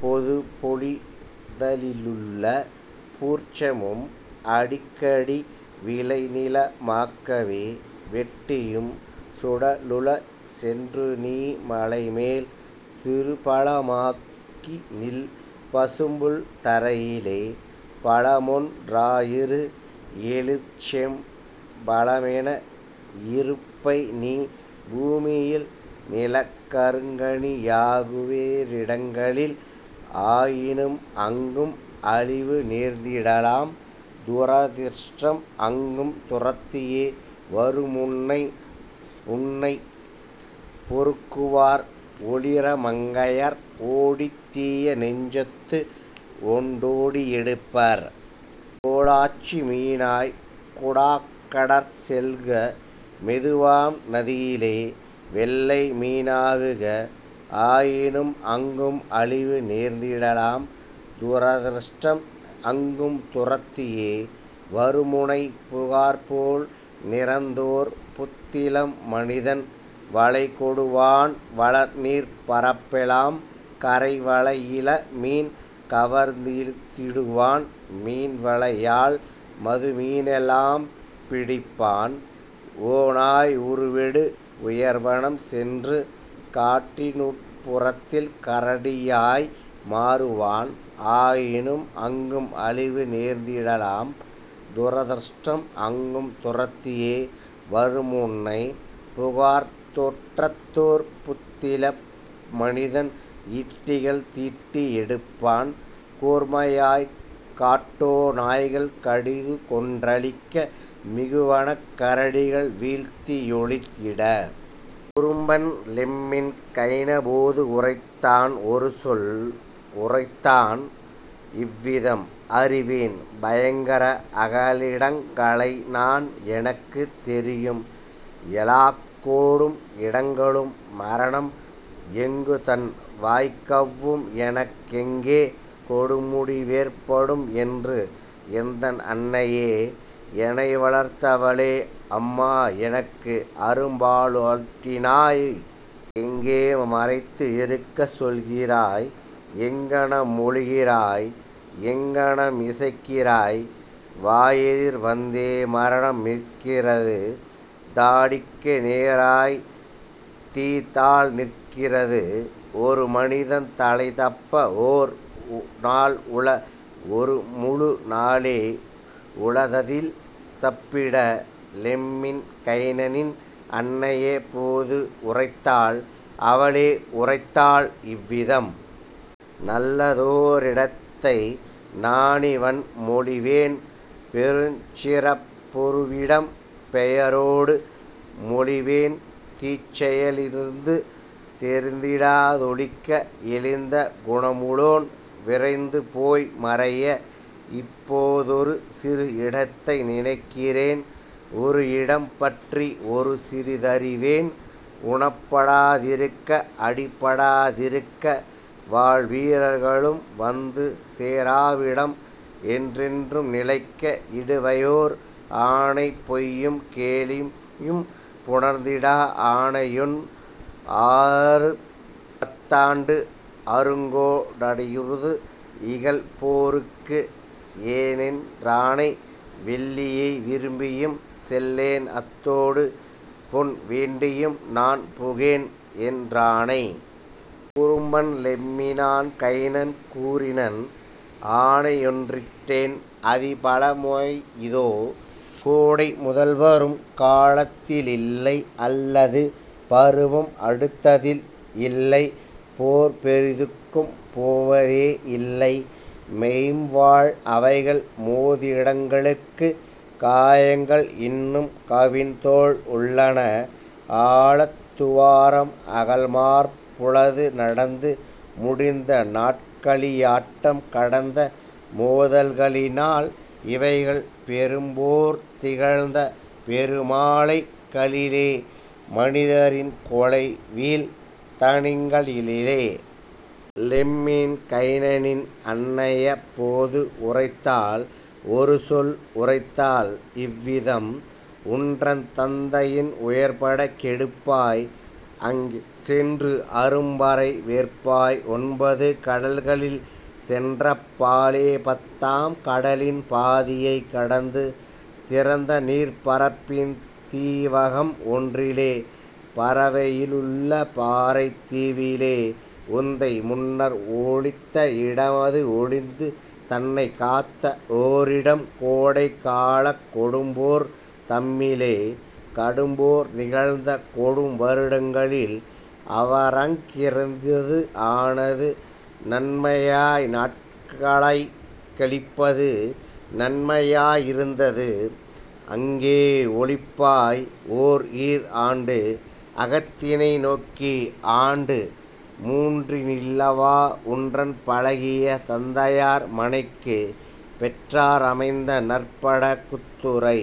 பொதுப்பொழி லதிலுள பூர்ச்சமும் அடிக்கடி விளைநில மாக்கவே வெட்டியும் சுடலுள. சென்றுநீ மலைமேல் சிறுபழ மாகிநில் பசும்புல் தரையிலே பழமொன் றாயிரு எழிற்செம் பழமென இருப்பைநீ பூமியில் நீலக் கருங்கனி யாகுவே றிடங்களில் ஆயினும் அங்கும் அழிவுநேர்ந் திடலாம் துரதிர்ஷ்டம் அங்கும் துரத்தியே வருமுனை உன்னைப் பொறுக்குவர் ஒளிரிள மங்கையர் ஒடித்தீய நெஞ்சத்து ஒண்டொடி எடுப்பர். கோலாச்சி மீனாய் குடாக்கடற் செல்லுக மெதுவாம் நதியிலே வெள்ளைமீ னாகுக ஆயினும் அங்கும் அழிவுநேர்ந் திடலாம் துரதிர்ஷ்டம் அங்கும் துரத்தியே வருமுனை புகார்போல் நிறத்தோர் புத்திளம் மனிதன் வலைகொடு வருவான் வளர்நீர்ப் பரப்பெலாம் கரைவலை யிளமீன் கவர்ந்திழுத் திடுவான் மீன்வலை யால்முது மீனெலாம் பிடிப்பான். ஓநாய் உருவெடு உயர்வனம் சென்று காட்டினுட் புறத்தில் கரடியாய் மாறுவாய் ஆயினும் அங்கும் அழிவுநேர்ந் திடலாம் துரதிர்ஷ்டம் அங்கும் துரத்தியே வருமுனை புகார்த்தோற் றத்தோர் புத்திள மனிதன் ஈட்டிகள் தீட்டி எடுப்பான் கூர்மையாய் காட்டோ நாய்களைக் கடிதுகொன் றழிக்க மிகுவனக் கரடிகள் வீழ்த்தி யொழித்திட. " குறும்பன் லெம்மின் கைனனப் போது உரைத்தான் ஒருசொல் உரைத்தான் இவ்விதம்: "அறிவேன் பயங்கர அகலிடங் களைநான் எனக்குத் தெரியும் எலாக்கொடும் இடங்களும் மரணம் எங்குதன் வாய்க்கவ் வும்என எங்கெ கொடுமுடி வேற்படும் என்று; எந்தன் அன்னையே, எனைவளர்த் தவளே! அம்மா, எனக்கு அரும்பா லூட்டினோய்! எங்கே மறைந்து இருக்கச் சொல்கிறாய் எங்ஙனம் மொழிகிறாய், எங்ஙனம் இசைக்கிறாய்? வாயெதிர் வந்தே மரணம்நிற் கிறது தாடிக்கு நேராய்த் தீநாள்நிற் கிறது ஒருமனி தன்தலை தப்பஓர் நாள்உள ஒருமுழு நாளே உளததில் தப்பிட. " லெம்மின் கைனனின் அன்னையப் போது உரைத்தாள் அவளே உரைத்தாள் இவ்விதம்: "நல்லதோ ரிடத்தை நானிவண் மொழிவேன் பெருஞ்சிறப் பொருவிடம் பெயரொடு மொழிவேன் தீச்செய லிருந்து தெரிந்திடா தொளிக்க இழிந்த குணமுளோன் விரைந்துபோய் மறைய: இப்போ தொருசிறு இடத்தை நினைக்கிறேன் ஒருஇடம் பற்றி ஒருசிறி தறிவேன் உணப்படா திருக்க, அடிபடா திருக்க வாள்வீ ரர்களும் வந்துசே ராவிடம், என்றென்றும் நிலைக்க இடுவையோர் ஆணை பொய்யும் கேலியும் புணர்ந்திடா ஆணையொன் ஆறு, பத் தாண்டு அருங்கோ டைருது இகல்போ ருக்குஏ கேனென் றாணை வெள்ளியை விரும்பியும் செல்லேன் அத்தோடு பொன்வேண் டியும்நான் புகேன்என் றாணை. " குறும்பன் லெம்மின் கைனன் கூறினன்: "ஆணையொன் றிட்டேன் அதிபல மாய்இதோ! கோடை முதல்வரும் காலத்தி லில்லை அல்லது பருவம் அடுத்ததில் இல்லை போர்பெரி துக்கும் போவதே யில்லை மொய்ம்வாள் அவைகள் மோதிடங் களுக்கு; காயங்கள் இன்னும் கவின்தோள் உள்ளன ஆழத் துவாரம் அகல்மார் புளது நடந்து முடிந்த நாட்களி யாட்டம் கடந்த மோதல் களினால் இவைகள் பெரும்போர் நிகழ்ந்த பெருமலை களிலே மனிதரின் கொலைவீழ் தனிக்களங் களிலே. " லெம்மின் கைனனின் அன்னையப் போது உரைத்தாள் ஒருசொல் உரைத்தாள் இவ்விதம்: "உன்றன் தந்தையின் உயர்பட கெடுப்பாய் அங்கே சென்று அரும்மறை வேற்பாய் ஒன்பது கடல்களில் சென்றப் பாலே பத்தாம் கடலின் பாதியைக் கடந்து திறந்தநீர்ப் பரப்பின் தீவகம் ஒன்றிலே பரவையி லுள்ள பாறைத் தீவிலே உந்தை முன்னர் ஒளித்த இடமது ஒளித்துத் தன்னைக் காத்த ஓரிடம் கோடைக் காலக் கொடும்போர் தம்மிலே கடும்போர் நிகழ்ந்த கொடும்வரு டங்களில் அவரங் கிருந்தது ஆனது நன்மையாய் நாட்களைக் கழிப்பது நன்மையாய் யிருந்தது; அங்கே ஒளிப்பாய் ஓர்ஈர் ஆண்டு அகத்தினை நோக்கி ஆண்டுமூன் றினில்வா உன்றன் பழகிய தந்தையார் மனைக்கு பெற்றார் அமைத்த நற்பட குத்துறை.